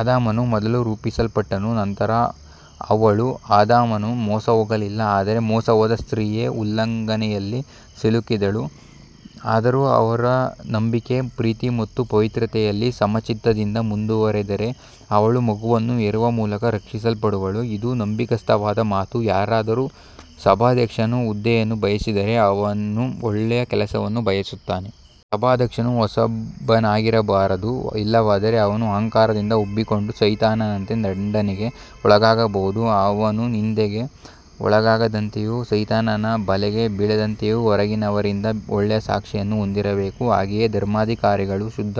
ಆದಾಮನು ಮೊದಲು ರೂಪಿಸಲ್ಪಟ್ಟನು, ನಂತರ ಹವ್ವಳು. ಆದಾಮನು ಮೋಸಹೋಗಲಿಲ್ಲ, ಆದರೆ ಮೋಸಹೋದ ಸ್ತ್ರೀಯೇ ಉಲ್ಲಂಘನೆಯಲ್ಲಿ ಸಿಲುಕಿದಳು. ಆದರೂ ಅವರು ನಂಬಿಕೆ, ಪ್ರೀತಿ ಮತ್ತು ಪವಿತ್ರತೆಯಲ್ಲಿ ಸಮಚಿತ್ತದಿಂದ ಮುಂದುವರಿದರೆ, ಅವಳು ಮಗುವನ್ನು ಹೆರುವ ಮೂಲಕ ರಕ್ಷಿಸಲ್ಪಡುವಳು. ಇದು ನಂಬಿಗಸ್ತವಾದ ಮಾತು. ಯಾರಾದರೂ ಸಭಾಧ್ಯಕ್ಷನ ಹುದ್ದೆಯನ್ನು ಬಯಸಿದರೆ, ಅವನು ಒಳ್ಳೆಯ ಕೆಲಸವನ್ನು ಬಯಸುತ್ತಾನೆ. ಸಭಾಧ್ಯಕ್ಷನು ಹೊಸಬನಾಗಿರಬಾರದು, ಇಲ್ಲವಾದರೆ ಅವನು ಅಹಂಕಾರದಿಂದ ಉಬ್ಬಿಕೊಂಡು ಸೈತಾನನಂತೆ ದಂಡನೆಗೆ ಒಳಗಾಗಬಹುದು. ಅವನು ನಿಂದೆಗೆ ಒಳಗಾಗದಂತೆಯೂ ಸೈತಾನನ ಬಲೆಗೆ ಬೀಳದಂತೆಯೂ ಹೊರಗಿನವರಿಂದ ಒಳ್ಳೆಯ ಸಾಕ್ಷಿಯನ್ನು ಹೊಂದಿರಬೇಕು. ಹಾಗೆಯೇ ಧರ್ಮಾಧಿಕಾರಿಗಳು ಶುದ್ಧ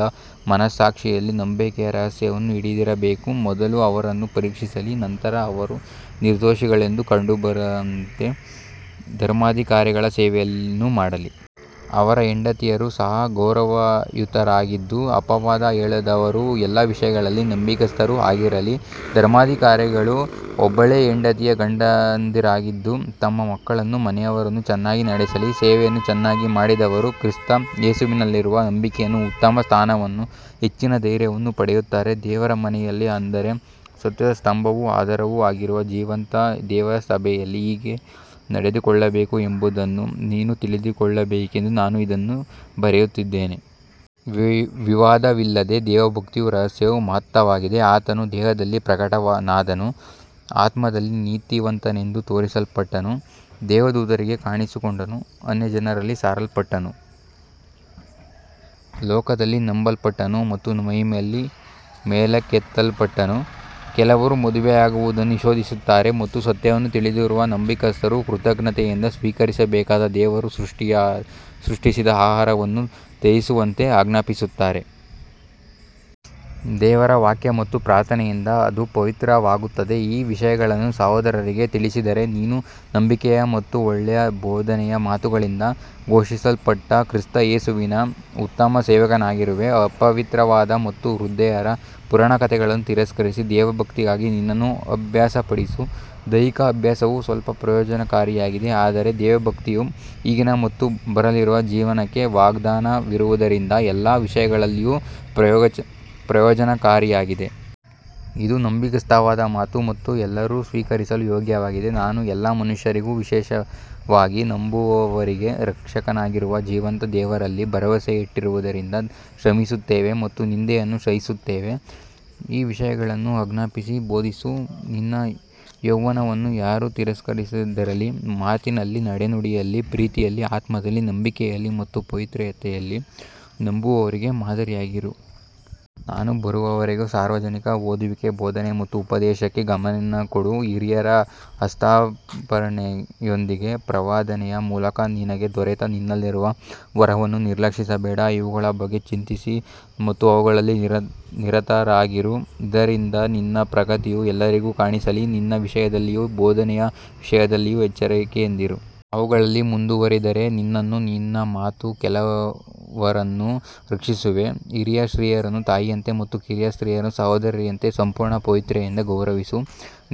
ಮನಸ್ಸಾಕ್ಷಿಯಲ್ಲಿ ನಂಬಿಕೆಯ ರಹಸ್ಯವನ್ನು ಹಿಡಿದಿರಬೇಕು. ಮೊದಲು ಅವರನ್ನು ಪರೀಕ್ಷಿಸಲಿ, ನಂತರ ಅವರು ನಿರ್ದೋಷಿಗಳೆಂದು ಕಂಡುಬಂದರೆ ಧರ್ಮಾಧಿಕಾರಿಗಳ ಸೇವೆಯನ್ನು ಮಾಡಲಿ. ಅವರ ಹೆಂಡತಿಯರು ಸಹ ಗೌರವಯುತರಾಗಿದ್ದು, ಅಪವಾದ ಹೇಳದವರೂ ಎಲ್ಲ ವಿಷಯಗಳಲ್ಲಿ ನಂಬಿಗಸ್ತರೂ ಆಗಿರಲಿ. ಧರ್ಮಾಧಿಕಾರಿಗಳು ಒಬ್ಬಳೇ ಹೆಂಡತಿಯ ಗಂಡಂದಿರಾಗಿದ್ದು, ತಮ್ಮ ಮಕ್ಕಳನ್ನೂ ಮನೆಯವರನ್ನೂ ಚೆನ್ನಾಗಿ ನಡೆಸಲಿ. ಸೇವೆಯನ್ನು ಚೆನ್ನಾಗಿ ಮಾಡಿದವರು ಕ್ರಿಸ್ತ ಯೇಸುವಿನಲ್ಲಿರುವ ನಂಬಿಕೆಯಲ್ಲಿ ಉತ್ತಮ ಸ್ಥಾನವನ್ನೂ ಹೆಚ್ಚಿನ ಧೈರ್ಯವನ್ನೂ ಪಡೆಯುತ್ತಾರೆ. ದೇವರ ಮನೆಯಲ್ಲಿ, ಅಂದರೆ ಸತ್ಯದ ಸ್ತಂಭವೂ ಆಧಾರವೂ ಆಗಿರುವ ಜೀವಂತ ದೇವರ ಸಭೆಯಲ್ಲಿ, ಹೇಗೆ ನಡೆದುಕೊಳ್ಳಬೇಕು ಎಂಬುದನ್ನು ನೀನು ತಿಳಿದುಕೊಳ್ಳಬೇಕೆಂದು ನಾನು ಇದನ್ನು ಬರೆಯುತ್ತಿದ್ದೇನೆ. ವಿವಾದವಿಲ್ಲದೆ ದೇವಭಕ್ತಿಯ ರಹಸ್ಯವು ಮಹತ್ತಾಗಿದೆ. ಆತನು ದೇಹದಲ್ಲಿ ಪ್ರಕಟನಾದನು, ಆತ್ಮದಲ್ಲಿ ನೀತಿವಂತನೆಂದು ತೋರಿಸಲ್ಪಟ್ಟನು, ದೇವದೂತರಿಗೆ ಕಾಣಿಸಿಕೊಂಡನು, ಅನ್ಯಜನರಲ್ಲಿ ಸಾರಲ್ಪಟ್ಟನು, ಲೋಕದಲ್ಲಿ ನಂಬಲ್ಪಟ್ಟನು ಮತ್ತು ಮಹಿಮೆಯಲ್ಲಿ ಮೇಲಕ್ಕೆತ್ತಲ್ಪಟ್ಟನು. ಕೆಲವರು ಮದುವೆಯಾಗುವುದನ್ನು ನಿಷೇಧಿಸುತ್ತಾರೆ ಮತ್ತು ಸತ್ಯವನ್ನು ತಿಳಿದಿರುವ ನಂಬಿಗಸ್ತರು ಕೃತಜ್ಞತೆಯಿಂದ ಸ್ವೀಕರಿಸಬೇಕಾದ ದೇವರು ಸೃಷ್ಟಿಸಿದ ಆಹಾರವನ್ನು ತ್ಯಜಿಸುವಂತೆ ಆಜ್ಞಾಪಿಸುತ್ತಾರೆ. ದೇವರ ವಾಕ್ಯ ಮತ್ತು ಪ್ರಾರ್ಥನೆಯಿಂದ ಅದು ಪವಿತ್ರವಾಗುತ್ತದೆ. ಈ ವಿಷಯಗಳನ್ನು ಸಹೋದರರಿಗೆ ತಿಳಿಸಿದರೆ, ನೀನು ನಂಬಿಕೆಯ ಮತ್ತು ಒಳ್ಳೆಯ ಬೋಧನೆಯ ಮಾತುಗಳಿಂದ ಪೋಷಿಸಲ್ಪಟ್ಟ ಕ್ರಿಸ್ತ ಯೇಸುವಿನ ಉತ್ತಮ ಸೇವಕನಾಗಿರುವೆ. ಅಪವಿತ್ರವಾದ ಮತ್ತು ವೃದ್ಧೆಯರ ಪುರಾಣಕಥೆಗಳನ್ನು ತಿರಸ್ಕರಿಸಿ, ದೇವಭಕ್ತಿಗಾಗಿ ನಿನ್ನನ್ನು ಅಭ್ಯಾಸಪಡಿಸು. ದೈಹಿಕ ಅಭ್ಯಾಸವು ಸ್ವಲ್ಪ ಪ್ರಯೋಜನಕಾರಿಯಾಗಿದೆ, ಆದರೆ ದೇವಭಕ್ತಿಯು ಈಗಿನ ಮತ್ತು ಬರಲಿರುವ ಜೀವನಕ್ಕೆ ವಾಗ್ದಾನವಿರುವುದರಿಂದ ಎಲ್ಲ ವಿಷಯಗಳಲ್ಲಿಯೂ ಪ್ರಯೋಜನಕಾರಿಯಾಗಿದೆ. ಇದು ನಂಬಿಗಸ್ತವಾದ ಮಾತು ಮತ್ತು ಎಲ್ಲರೂ ಸ್ವೀಕರಿಸಲು ಯೋಗ್ಯವಾಗಿದೆ. ನಾವು ಎಲ್ಲ ಮನುಷ್ಯರಿಗೂ, ವಿಶೇಷವಾಗಿ ನಂಬುವವರಿಗೆ ರಕ್ಷಕನಾಗಿರುವ ಜೀವಂತ ದೇವರಲ್ಲಿ ಭರವಸೆಯಿಟ್ಟಿರುವುದರಿಂದ ಶ್ರಮಿಸುತ್ತೇವೆ ಮತ್ತು ನಿಂದೆಯನ್ನು ಸಹಿಸುತ್ತೇವೆ. ಈ ವಿಷಯಗಳನ್ನು ಆಜ್ಞಾಪಿಸಿ ಬೋಧಿಸು. ನಿನ್ನ ಯೌವನವನ್ನು ಯಾರೂ ತಿರಸ್ಕರಿಸದಿರಲಿ. ಮಾತಿನಲ್ಲಿ, ನಡೆನುಡಿಯಲ್ಲಿ, ಪ್ರೀತಿಯಲ್ಲಿ, ಆತ್ಮದಲ್ಲಿ, ನಂಬಿಕೆಯಲ್ಲಿ ಮತ್ತು ಪವಿತ್ರತೆಯಲ್ಲಿ ನಂಬುವವರಿಗೆ ಮಾದರಿಯಾಗಿರು. ನಾನು ಬರುವವರೆಗೆ ಸಾರ್ವಜನಿಕ ಓದುವಿಕೆ, ಬೋಧನೆ ಮತ್ತು ಉಪದೇಶಕ್ಕೆ ಗಮನಕೊಡು. ಹಿರಿಯರ ಹಸ್ತಾರ್ಪಣೆಯೊಂದಿಗೆ ಪ್ರವಾದನೆಯ ಮೂಲಕ ನಿನಗೆ ದೊರೆತ ನಿನ್ನಲ್ಲಿರುವ ವರವನ್ನು ನಿರ್ಲಕ್ಷಿಸಬೇಡ. ಇವುಗಳ ಬಗ್ಗೆ ಚಿಂತಿಸು ಮತ್ತು ಅವುಗಳಲ್ಲಿ ನಿರತರಾಗಿರು, ಇದರಿಂದ ನಿನ್ನ ಪ್ರಗತಿಯು ಎಲ್ಲರಿಗೂ ಕಾಣಿಸಲಿ. ನಿನ್ನ ವಿಷಯದಲ್ಲಿಯೂ ಬೋಧನೆಯ ವಿಷಯದಲ್ಲಿಯೂ ಎಚ್ಚರಿಕೆಯಿಂದಿರು. ಅವುಗಳಲ್ಲಿ ಮುಂದುವರಿದರೆ ನಿನ್ನನ್ನೂ ನಿನ್ನ ಮಾತು ಕೇಳುವವರನ್ನೂ ರಕ್ಷಿಸುವೆ. ಹಿರಿಯ ಸ್ತ್ರೀಯರನ್ನು ತಾಯಿಯಂತೆ ಮತ್ತು ಕಿರಿಯ ಸ್ತ್ರೀಯರನ್ನು ಸಹೋದರಿಯರಂತೆ ಸಂಪೂರ್ಣ ಪವಿತ್ರತೆಯಿಂದ ಗೌರವಿಸು.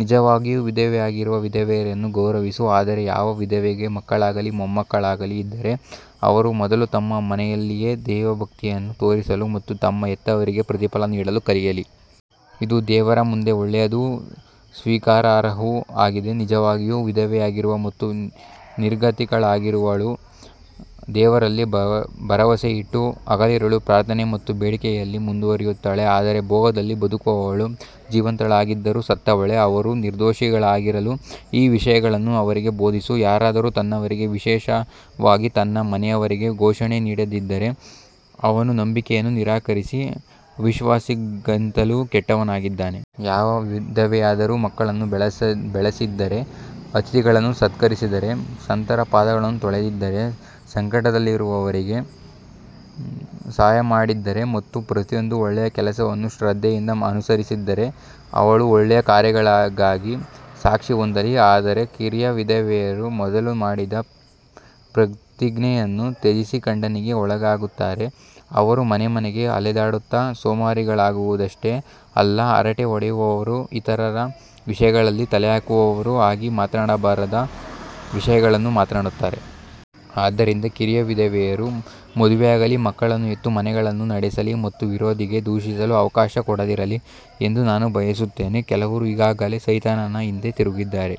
ನಿಜವಾಗಿಯೂ ವಿಧವೆಯಾಗಿರುವ ವಿಧವೆಯರನ್ನು ಗೌರವಿಸು. ಆದರೆ ಯಾವ ವಿಧವೆಗೆ ಮಕ್ಕಳಾಗಲಿ ಮೊಮ್ಮಕ್ಕಳಾಗಲಿ ಇದ್ದರೆ, ಅವರು ಮೊದಲು ತಮ್ಮ ಮನೆಯಲ್ಲಿಯೇ ದೇವಭಕ್ತಿಯನ್ನು ತೋರಿಸಲು ಮತ್ತು ತಮ್ಮ ಹೆತ್ತವರಿಗೆ ಪ್ರತಿಫಲ ನೀಡಲು ಕಲಿಯಲಿ. ಇದು ದೇವರ ಮುಂದೆ ಒಳ್ಳೆಯದೂ ಸ್ವೀಕಾರಾರ್ಹವೂ ಆಗಿದೆ. ನಿಜವಾಗಿಯೂ ವಿಧವೆಯಾಗಿರುವ ಮತ್ತು ನಿರ್ಗತಿಕಳಾಗಿರುವವಳು ದೇವರಲ್ಲಿ ಭರವಸೆಯಿಟ್ಟು ಹಗಲಿರುಳು ಪ್ರಾರ್ಥನೆ ಮತ್ತು ಬೇಡಿಕೆಯಲ್ಲಿ ಮುಂದುವರಿಯುತ್ತಾಳೆ. ಆದರೆ ಭೋಗದಲ್ಲಿ ಬದುಕುವವಳು ಜೀವಂತಳಾಗಿದ್ದರೂ ಸತ್ತವಳೇ. ಅವರು ನಿರ್ದೋಷಿಗಳಾಗಿರಲು ಈ ವಿಷಯಗಳನ್ನು ಅವರಿಗೆ ಬೋಧಿಸು. ಯಾರಾದರೂ ತನ್ನವರಿಗೂ ವಿಶೇಷವಾಗಿ ತನ್ನ ಮನೆಯವರಿಗೂ ಪೋಷಣೆ ನೀಡದಿದ್ದರೆ, ಅವನು ನಂಬಿಕೆಯನ್ನು ನಿರಾಕರಿಸಿ ಅವಿಶ್ವಾಸಿಗಿಂತಲೂ ಕೆಟ್ಟವನಾಗಿದ್ದಾನೆ. ಯಾವ ವಿಧವೆಯಾದರೂ ಮಕ್ಕಳನ್ನು ಬೆಳೆಸಿದ್ದರೆ, ಅತಿಥಿಗಳನ್ನು ಸತ್ಕರಿಸಿದ್ದರೆ, ಸಂತರ ಪಾದಗಳನ್ನು ತೊಳೆದಿದ್ದರೆ, ಸಂಕಟದಲ್ಲಿರುವವರಿಗೆ ಸಹಾಯಮಾಡಿದ್ದರೆ ಮತ್ತು ಪ್ರತಿಯೊಂದು ಒಳ್ಳೆಯ ಕೆಲಸವನ್ನು ಶ್ರದ್ಧೆಯಿಂದ ಅನುಸರಿಸಿದ್ದರೆ, ಅವಳು ಒಳ್ಳೆಯ ಕಾರ್ಯಗಳಿಗಾಗಿ ಸಾಕ್ಷಿ ಹೊಂದಲಿ. ಆದರೆ ಕಿರಿಯ ವಿಧವೆಯರು ಮೊದಲು ಮಾಡಿದ ಪ್ರತಿಜ್ಞೆಯನ್ನು ತ್ಯಜಿಸಿ ಖಂಡನೆಗೆ ಒಳಗಾಗುತ್ತಾರೆ. ಅವರು ಮನೆಮನೆಗೆ ಅಲೆದಾಡುತ್ತಾ ಸೋಮಾರಿಗಳಾಗುವುದಷ್ಟೇ ಅಲ್ಲ, ಹರಟೆ ಹೊಡೆಯುವವರೂ ಇತರರ ವಿಷಯಗಳಲ್ಲಿ ತಲೆಹಾಕುವವರೂ ಆಗಿ ಮಾತನಾಡಬಾರದ ವಿಷಯಗಳನ್ನು ಮಾತನಾಡುತ್ತಾರೆ. ಆದ್ದರಿಂದ ಕಿರಿಯ ವಿಧವೆಯರು ಮದುವೆಯಾಗಲಿ, ಮಕ್ಕಳನ್ನು ಹೆತ್ತು, ಮನೆಗಳನ್ನು ನಡೆಸಲಿ ಮತ್ತು ವಿರೋಧಿಗೆ ದೂಷಿಸಲು ಅವಕಾಶ ಕೊಡದಿರಲಿ ಎಂದು ನಾನು ಬಯಸುತ್ತೇನೆ. ಕೆಲವರು ಈಗಾಗಲೇ ಸೈತಾನನ ಹಿಂದೆ ತಿರುಗಿದ್ದಾರೆ.